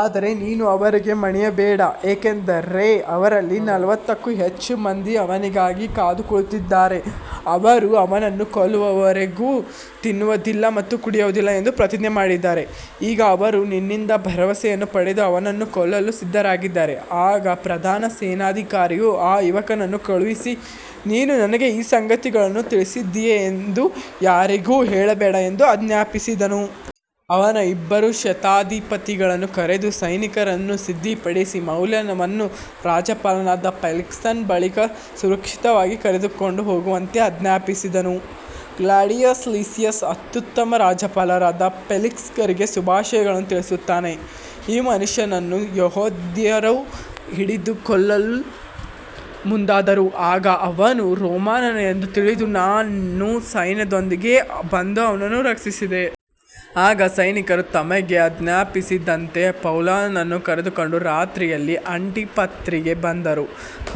ಆದರೆ ನೀನು ಅವರಿಗೆ ಮಣಿಯಬೇಡ, ಯಾಕಂದರೆ ಅವರಲ್ಲಿ ನಲವತ್ತಕ್ಕೂ ಹೆಚ್ಚು ಮಂದಿ ಅವನಿಗಾಗಿ ಕಾದು ಕುಳಿತಿದ್ದಾರೆ. ಅವರು ಅವನನ್ನು ಕೊಲ್ಲುವವರೆಗೂ ತಿನ್ನುವುದಿಲ್ಲ ಮತ್ತು ಕುಡಿಯುವುದಿಲ್ಲ ಎಂದು ಪ್ರತಿಜ್ಞೆ ಮಾಡಿದ್ದಾರೆ. ಈಗ ಅವರು ನಿನ್ನಿಂದ ಭರವಸೆಯನ್ನು ಪಡೆದು ಅವನನ್ನು ಕೊಲ್ಲಲು ಸಿದ್ಧರಾಗಿದ್ದಾರೆ. ಆಗ ಪ್ರಧಾನ ಸೇನಾಧಿಕಾರಿಯು ಆ ಯುವಕನನ್ನು ಕಳುಹಿಸಿ, ನೀನು ನನಗೆ ಈ ಸಂಗತಿಗಳನ್ನು ತಿಳಿಸಿದ್ದೀಯೆಂದು ಯಾರಿಗೂ ಹೇಳಬೇಡ ಎಂದು ಆಜ್ಞಾಪಿಸಿದನು. ಅವನು ಇಬ್ಬರು ಶತಾಧಿಪತಿಗಳನ್ನು ಕರೆದು, ಸೈನಿಕರನ್ನು ಸಿದ್ಧಪಡಿಸಿ ಪೌಲನನ್ನು ರಾಜ್ಯಪಾಲನಾದ ಫೆಲಿಕ್ಸನ ಬಳಿಗೆ ಸುರಕ್ಷಿತವಾಗಿ ಕರೆದುಕೊಂಡು ಹೋಗುವಂತೆ ಆಜ್ಞಾಪಿಸಿದನು. ಕ್ಲಾಡಿಯಸ್ ಲಿಸಿಯಸ್ ಅತ್ಯುತ್ತಮ ರಾಜ್ಯಪಾಲರಾದ ಫೆಲಿಕ್ಸರಿಗೆ ಶುಭಾಶಯಗಳನ್ನು ತಿಳಿಸುತ್ತಾನೆ. ಈ ಮನುಷ್ಯನನ್ನು ಯೆಹೂದ್ಯರು ಹಿಡಿದು ಕೊಲ್ಲಲು ಮುಂದಾದರು. ಆಗ ಅವನು ರೋಮನ್ನನೆಂದು ತಿಳಿದು ನಾನು ಸೈನ್ಯದೊಂದಿಗೆ ಬಂದು ಅವನನ್ನು ರಕ್ಷಿಸಿದೆ. ಆಗ ಸೈನಿಕರು ತಮಗೆ ಆಜ್ಞಾಪಿಸಿದಂತೆ ಪೌಲನನ್ನು ಕರೆದುಕೊಂಡು ರಾತ್ರಿಯಲ್ಲಿ ಆಂಟಿಪತ್ರಿಗೆ ಬಂದರು.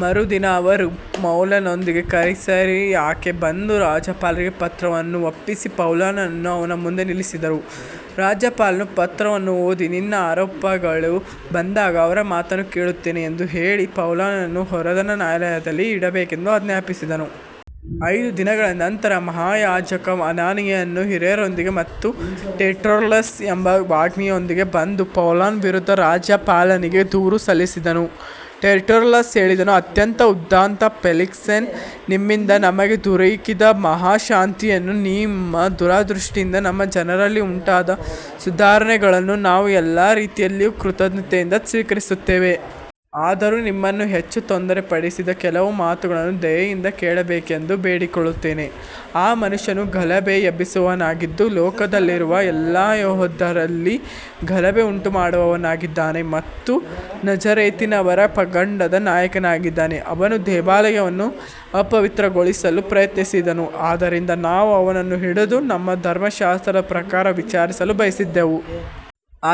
ಮರುದಿನ ಅವರು ಪೌಲನೊಂದಿಗೆ ಕೈಸರಿಯಾಕ್ಕೆ ಬಂದು ರಾಜ್ಯಪಾಲರಿಗೆ ಪತ್ರವನ್ನು ಒಪ್ಪಿಸಿ ಪೌಲನನ್ನು ಅವನ ಮುಂದೆ ನಿಲ್ಲಿಸಿದರು. ರಾಜ್ಯಪಾಲನು ಪತ್ರವನ್ನು ಓದಿ, ನಿನ್ನ ಆರೋಪಿಗಳು ಬಂದಾಗ ಅವರ ಮಾತನ್ನು ಕೇಳುತ್ತೇನೆ ಎಂದು ಹೇಳಿ, ಪೌಲನನ್ನು ಹೆರೋದನ ನ್ಯಾಯಾಲಯದಲ್ಲಿ ಇಡಬೇಕೆಂದು ಆಜ್ಞಾಪಿಸಿದನು. ಐದು ದಿನಗಳ ನಂತರ ಮಹಾಯಾಜಕ ಅನನೀಯನು ಹಿರಿಯರೊಂದಿಗೆ ಮತ್ತು ಟೆರ್ಟುಲ್ಲಸ್ ಎಂಬ ವಾಗ್ಮಿಯೊಂದಿಗೆ ಬಂದು ಪೌಲನ ವಿರುದ್ಧ ರಾಜ್ಯಪಾಲನಿಗೆ ದೂರು ಸಲ್ಲಿಸಿದನು. ಟೆರ್ಟುಲ್ಲಸ್ ಹೇಳಿದನು, ಅತ್ಯಂತ ಉದಾತ್ತ ಫೆಲಿಕ್ಸನೇ, ನಿಮ್ಮಿಂದ ನಮಗೆ ದೊರಕಿದ ಮಹಾ ಶಾಂತಿಯನ್ನೂ ನಿಮ್ಮ ದೂರದೃಷ್ಟಿಯಿಂದ ನಮ್ಮ ಜನರಲ್ಲಿ ಉಂಟಾದ ಸುಧಾರಣೆಗಳನ್ನೂ ನಾವು ಎಲ್ಲ ರೀತಿಯಲ್ಲಿಯೂ ಕೃತಜ್ಞತೆಯಿಂದ ಸ್ವೀಕರಿಸುತ್ತೇವೆ. ಆದರೂ ನಿಮ್ಮನ್ನು ಹೆಚ್ಚು ತೊಂದರೆಪಡಿಸದೆ ಕೆಲವು ಮಾತುಗಳನ್ನು ದಯೆಯಿಂದ ಕೇಳಬೇಕೆಂದು ಬೇಡಿಕೊಳ್ಳುತ್ತೇನೆ. ಈ ಮನುಷ್ಯನು ಗಲಭೆ ಎಬ್ಬಿಸುವವನಾಗಿದ್ದು, ಲೋಕದಲ್ಲಿರುವ ಎಲ್ಲ ಯೆಹೂದ್ಯರಲ್ಲಿ ಗಲಭೆ ಉಂಟುಮಾಡುವವನಾಗಿದ್ದಾನೆ ಮತ್ತು ನಜರೇತಿನವರ ಪಂಗಡದ ನಾಯಕನಾಗಿದ್ದಾನೆ. ಅವನು ದೇವಾಲಯವನ್ನು ಅಪವಿತ್ರಗೊಳಿಸಲು ಪ್ರಯತ್ನಿಸಿದನು. ಆದ್ದರಿಂದ ನಾವು ಅವನನ್ನು ಹಿಡಿದು ನಮ್ಮ ಧರ್ಮಶಾಸ್ತ್ರದ ಪ್ರಕಾರ ವಿಚಾರಿಸಲು ಬಯಸಿದೆವು.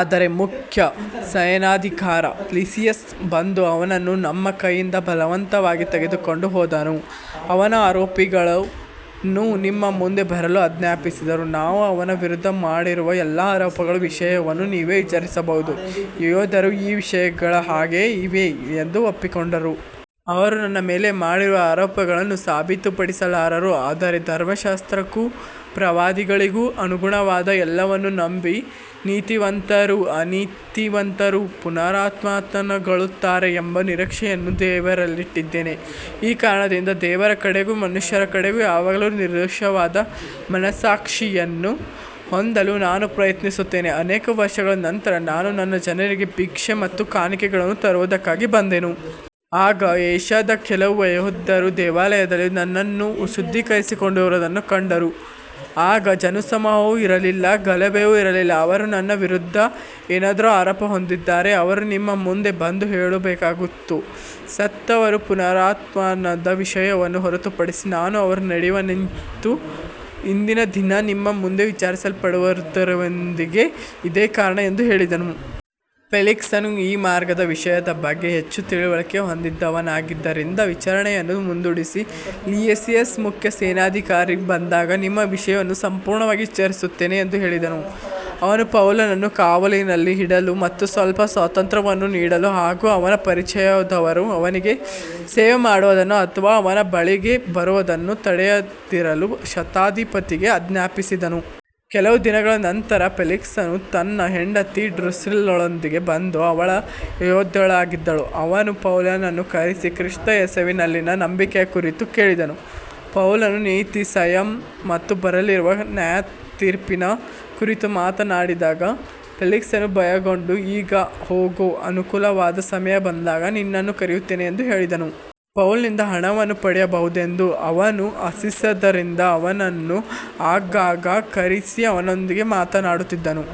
ಆದರೆ ಮುಖ್ಯ ಸೇನಾಧಿಕಾರಿ ಲಿಸಿಯಸ್ ಬಂದು ಅವನನ್ನು ನಮ್ಮ ಕೈಯಿಂದ ಬಲವಂತವಾಗಿ ತೆಗೆದುಕೊಂಡು ಹೋದನು. ಅವನ ಆರೋಪಿಗಳನ್ನು ನಿಮ್ಮ ಮುಂದೆ ಬರಲು ಆಜ್ಞಾಪಿಸಿದರೆ, ನಾವು ಅವನ ವಿರುದ್ಧ ಮಾಡಿರುವ ಎಲ್ಲಾ ಆರೋಪಗಳ ವಿಷಯವನ್ನು ನೀವೇ ವಿಚಾರಿಸಬಹುದು. ಯೆಹೂದ್ಯರೂ ಈ ವಿಷಯಗಳು ಹಾಗೆಯೇ ಇವೆ ಎಂದು ಒಪ್ಪಿಕೊಂಡರು. ಅವರು ನನ್ನ ಮೇಲೆ ಮಾಡಿರುವ ಆರೋಪಗಳನ್ನು ಸಾಬೀತುಪಡಿಸಲಾರರು. ಆದರೆ ಧರ್ಮಶಾಸ್ತ್ರಕ್ಕೂ ಪ್ರವಾದಿಗಳಿಗೂ ಅನುಗುಣವಾದ ಎಲ್ಲವನ್ನೂ ನಂಬಿ, ನೀತಿವಂತರೂ ಅನೀತಿವಂತರೂ ಪುನರುತ್ಥಾನಗೊಳ್ಳುತ್ತಾರೆ ಎಂಬ ನಿರೀಕ್ಷೆಯನ್ನು ದೇವರಲ್ಲಿಟ್ಟಿದ್ದೇನೆ. ಈ ಕಾರಣದಿಂದ ದೇವರ ಕಡೆಗೂ ಮನುಷ್ಯರ ಕಡೆಗೂ ಯಾವಾಗಲೂ ನಿರ್ದೋಷವಾದ ಮನಸ್ಸಾಕ್ಷಿಯನ್ನು ಹೊಂದಲು ನಾನು ಪ್ರಯತ್ನಿಸುತ್ತೇನೆ. ಅನೇಕ ವರ್ಷಗಳ ನಂತರ ನಾನು ನನ್ನ ಜನರಿಗೆ ಭಿಕ್ಷೆ ಮತ್ತು ಕಾಣಿಕೆಗಳನ್ನು ತರುವುದಕ್ಕಾಗಿ ಬಂದೆನು. ಆಗ ಏಷ್ಯಾದ ಕೆಲವು ಯೆಹೂದ್ಯರು ದೇವಾಲಯದಲ್ಲಿ ನನ್ನನ್ನು ಶುದ್ಧೀಕರಿಸಿಕೊಂಡಿರುವುದನ್ನು ಕಂಡರು. ಆಗ ಜನಸಮೂಹವೂ ಇರಲಿಲ್ಲ, ಗಲಭೆಯೂ ಇರಲಿಲ್ಲ. ಅವರು ನನ್ನ ವಿರುದ್ಧ ಏನಾದರೂ ಆರೋಪ ಹೊಂದಿದ್ದರೆ ಅವರು ನಿಮ್ಮ ಮುಂದೆ ಬಂದು ಹೇಳಬೇಕಾಗಿತ್ತು. ಸತ್ತವರ ಪುನರುತ್ಥಾನದ ವಿಷಯವನ್ನು ಹೊರತುಪಡಿಸಿ, ನಾನು ಅವರ ನಡುವೆ ನಿಂತು, ಇಂದಿನ ದಿನ ನಿಮ್ಮ ಮುಂದೆ ವಿಚಾರಿಸಲ್ಪಡುತ್ತಿರುವುದಕ್ಕೆ ಇದೇ ಕಾರಣ ಎಂದು ಹೇಳಿದೆನು. ಫೆಲಿಕ್ಸನು ಈ ಮಾರ್ಗದ ವಿಷಯದ ಬಗ್ಗೆ ಹೆಚ್ಚು ತಿಳುವಳಿಕೆ ಹೊಂದಿದ್ದವನಾಗಿದ್ದರಿಂದ ವಿಚಾರಣೆಯನ್ನು ಮುಂದೂಡಿಸಿ, ಲಿಸಿಯಸ್ ಮುಖ್ಯ ಸೇನಾಧಿಕಾರಿ ಬಂದಾಗ ನಿಮ್ಮ ವಿಷಯವನ್ನು ಸಂಪೂರ್ಣವಾಗಿ ವಿಚಾರಿಸುತ್ತೇನೆ ಎಂದು ಹೇಳಿದನು. ಅವನು ಪೌಲನನ್ನು ಕಾವಲಿನಲ್ಲಿ ಇಡಲು ಮತ್ತು ಸ್ವಲ್ಪ ಸ್ವಾತಂತ್ರ್ಯವನ್ನು ನೀಡಲು ಹಾಗೂ ಅವನ ಪರಿಚಯದವರು ಅವನಿಗೆ ಸೇವೆಮಾಡುವುದನ್ನು ಅಥವಾ ಅವನ ಬಳಿಗೆ ಬರುವುದನ್ನು ತಡೆಯದಿರಲು ಶತಾಧಿಪತಿಗೆ ಆಜ್ಞಾಪಿಸಿದನು. ಕೆಲವು ದಿನಗಳ ನಂತರ ಫೆಲಿಕ್ಸನು ತನ್ನ ಹೆಂಡತಿ ಡ್ರುಸಿಲ್ಲಾಳೊಂದಿಗೆ ಬಂದು, ಅವಳು ಯೆಹೂದ್ಯಳಾಗಿದ್ದಳು. ಅವನು ಪೌಲನನ್ನು ಕರೆಸಿ ಕ್ರಿಸ್ತ ಯೇಸುವಿನಲ್ಲಿನ ನಂಬಿಕೆಯ ಕುರಿತು ಕೇಳಿದನು. ಪೌಲನು ನೀತಿ, ಸಂಯಮ ಮತ್ತು ಬರಲಿರುವ ನ್ಯಾಯತೀರ್ಪಿನ ಕುರಿತು ಮಾತನಾಡಿದಾಗ ಫೆಲಿಕ್ಸನು ಭಯಗೊಂಡು, ಈಗ ಹೋಗು, ಅನುಕೂಲವಾದ ಸಮಯ ಬಂದಾಗ ನಿನ್ನನ್ನು ಕರೆಯುತ್ತೇನೆ ಎಂದು ಹೇಳಿದನು. ಪೌಲನಿಂದ ಹಣವನ್ನು ಪಡೆಯಬಹುದೆಂದು ಅವನು ಆಶಿಸಿದ್ದರಿಂದ ಅವನನ್ನು ಆಗಾಗ್ಗೆ ಕರೆಸಿ ಅವನೊಂದಿಗೆ ಮಾತನಾಡುತ್ತಿದ್ದನು.